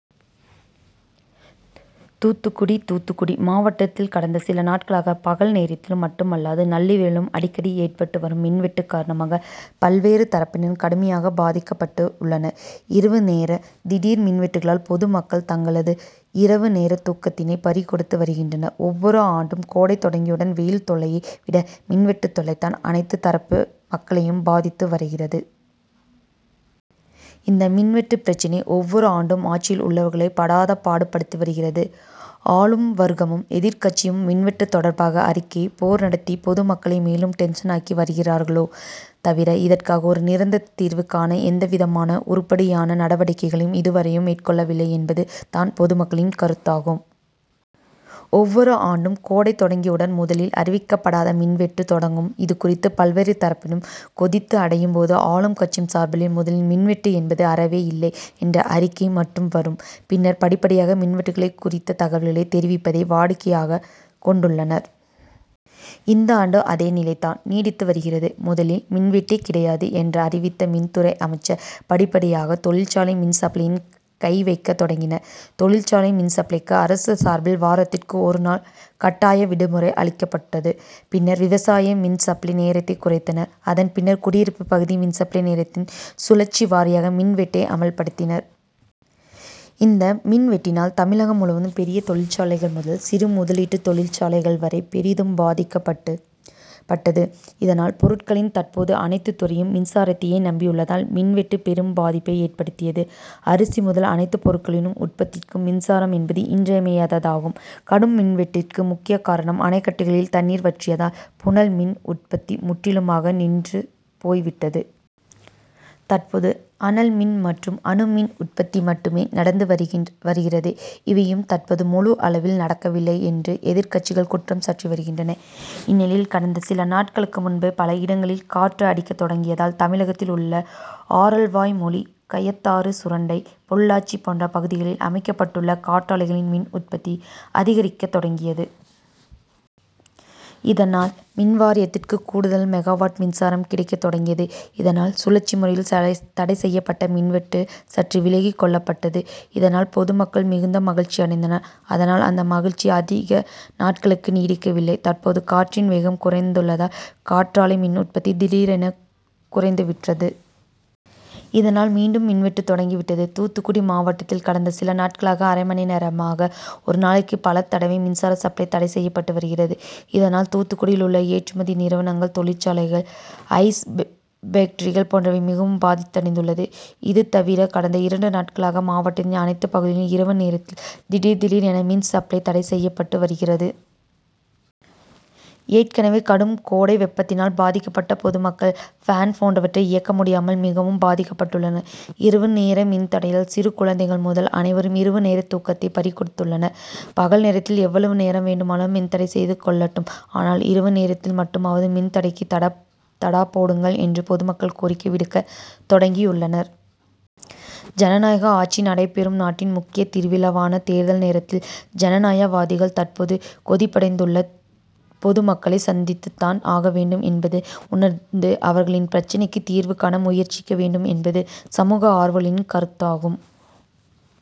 தூத்துக்குடி தூத்துக்குடி மாவட்டத்தில் கடந்த சில நாட்களாக பகல் நேரத்தில் மட்டுமல்லாது நள்ளிரவிலும் அடிக்கடி ஏற்பட்டு வரும் மின்வெட்டு காரணமாக பல்வேறு தரப்பினரும் கடுமையாக பாதிக்கப்பட்டு உள்ளனர். இரவு நேர திடீர் மின்வெட்டினால் பொதுமக்கள் தங்களது இரவு நேர தூக்கத்தினை பறிகொடுத்து வருகின்றனர். ஒவ்வொரு ஆண்டும் கோடை தொடங்கியுடன் வெயில் தொல்லையை விட மின்வெட்டு தொல்லைதான் அனைத்து தரப்பு மக்களையும் பாதித்து வருகிறது. இந்த மின்வெட்டு பிரச்னை ஒவ்வொரு ஆண்டும் ஆட்சியில் உள்ளவர்களை படாதபாடு படுத்தி வருகிறது. ஆளும் வர்க்கமும் எதிர்கட்சியும் மின்வெட்டு தொடர்பாக அறிக்கை போர் நடத்தி பொதுமக்களை மேலும் டென்சன் ஆக்கி வருகிறார்களே தவிர இதற்காக ஒரு நிரந்தர தீர்வு காண எந்தவிதமான உருப்படியான நடவடிக்கையையும் இதுவரையிலும் மேற்கொள்ளவில்லை என்பது தான் பொதுமக்களின் கருத்தாகும். ஒவ்வொரு ஆண்டும் கோடை தொடங்கியவுடன் முதலில் அறிவிக்கப்படாத மின்வெட்டு தொடங்கும். இது குறித்து பல்வேறு தரப்பினரும் கொதிப்பு அடையும் போது ஆளும்கட்சி சார்பில் முதலில் மின்வெட்டு என்பது அறவே இல்லை என்ற அறிக்கை மட்டும் வரும். பின்னர் படிப்படியாக மின்வெட்டு குறித்த தகவல்களை தெரிவிப்பதை வாடிக்கையாக கொண்டுள்ளனர். இந்தாண்டும் அதே நிலை தான் நீடித்து வருகிறது. முதலில் மின்வெட்டே கிடையாது என்று அறிவித்த மின்துறை அமைச்சர் படிப்படியாக தொழிற்சாலை மின்சப்ளையில் கைவைக்கத் தொடங்கினர். தொழிற்சாலை மின்சப்ளைக்கு அரசு சார்பில் வாரத்திற்கு ஒருநாள் கட்டாய விடுமுறை அளிக்கப்பட்டது. பின்னர் விவசாய மின்சப்ளை நேரத்தை குறைத்தனர். அதன்பின்னர் குடியிருப்பு பகுதி மின்சப்ளை நேரத்தில் சுழற்சிவாரியாக மின்வெட்டை அமல்படுத்தினர். இந்த மின்வெட்டினால் தமிழகம் முழுவதும் பெரிய தொழிற்சாலைகள் முதல் சிறுமுதலீட்டு தொழிற்சாலைகள் வரை பெரிதும் பாதிக்கப்பட்டது. இதனால் பொருட்களின் தற்போது அனைத்து துறையும் மின்சாரத்தையே நம்பி உள்ளதால் மின்வெட்டு பெரும்பாதிப்பை ஏற்படுத்தியது. அரிசி முதல் அனைத்து பொருட்களின் உற்பத்திக்கும் மின்சாரம் என்பது இன்றியமையாததாகும். கடும் மின்வெட்டிற்கு முக்கிய காரணம் அணைகட்டுகளில் தண்ணீர் வற்றியதால் புனல்மின் உற்பத்தி முற்றிலுமாக நின்றுபோய்விட்டது. தற்போது அனல்மின் மற்றும் அணுமின் உற்பத்தி மட்டுமே நடந்து வருகிறது. இவையும் தற்போது முழு அளவில் நடக்கவில்லை என்று எதிர்கட்சிகள் குற்றம் சாட்டி வருகின்றனர். இந்நிலையில் கடந்த சில நாட்களுக்கு முன்பு பல இடங்களில் காற்று அடிக்கத் தொடங்கியதால் தமிழகத்தில் உள்ள ஆரல்வாய்மொழி கயத்தாறு சுரண்டை பொள்ளாச்சி போன்ற பகுதிகளில் அமைக்கப்பட்டுள்ள காற்றாலைகளில் மின்உற்பத்தி அதிகரிக்க தொடங்கியது. இதனால் மின்வாரியத்திற்கு கூடுதல் மெகாவாட் மின்சாரம் கிடைக்கத் தொடங்கியது. இதனால் சுழற்சி முறையில் தடைசெய்யப்பட்ட மின்வெட்டு சற்று விலக்கி கொள்ளப்பட்டது. இதனால் பொதுமக்கள் மிகுந்த மகிழ்ச்சி அடைந்தனர். ஆனால் அந்த மகிழ்ச்சி அதிக நாட்களுக்கு நீடிக்கவில்லை. தற்போது காற்றின் வேகம் குறைந்துள்ளதால் காற்றாலை மின் உற்பத்தி திடீரென குறைந்துவிட்டது. இதனால் மீண்டும் மின்வெட்டு தொடங்கிவிட்டது. தூத்துக்குடி மாவட்டத்தில் கடந்த சில நாட்களாக அரைமணி நேரமாக ஒரு நாளைக்கு பலதடவை மின்சார சப்ளை தடை செய்யப்பட்டு வருகிறது. இதனால் தூத்துக்குடியில் உள்ள ஏற்றுமதி நிறுவனங்கள் தொழிற்சாலைகள் ஐஸ் பேக்டரிகள் போன்றவை மிகவும் பாதிப்படைந்துள்ளது. இதுதவிர கடந்த இரண்டு நாட்களாக மாவட்டத்தின் அனைத்து பகுதிகளிலும் இரவு நேரத்தில் திடீர் திடீர் என மின்சப்ளை தடை செய்யப்பட்டு வருகிறது. ஏற்கனவே கடும்கோடை வெப்பத்தினால் பாதிக்கப்பட்ட பொதுமக்கள் பேன் போன்றவற்றை இயக்க முடியாமல் மிகவும் பாதிக்கப்பட்டுள்ளனர். இரவு நேர மின்தடையால் சிறு குழந்தைகள் முதல் அனைவரும் இரவு நேர தூக்கத்தை பறிகொடுத்துள்ளனர். பகல் நேரத்தில் எவ்வளவு நேரம் வேண்டுமானாலும் மின்தடை செய்து கொள்ளட்டும் ஆனால் இரவு நேரத்தில் மட்டுமாவது மின்தடைக்கு தடா போடுங்கள் என்று பொதுமக்கள் கோரிக்கை விடுக்க தொடங்கியுள்ளனர். ஜனநாயக ஆட்சிநடைபெறும் நாட்டில் முக்கிய திருவிழாவான தேர்தல் நேரத்தில் ஜனநாயகவாதிகள் தற்போது கொதிப்படைந்துள்ள பொதுமக்களை சந்தித்துதான் ஆக வேண்டும் என்பதை உணர்ந்து அவர்களின் பிரச்னைக்கு தீர்வுகாண முயற்சிக்க வேண்டும் என்பது சமூக ஆர்வலர்களின் கருத்தாகும்.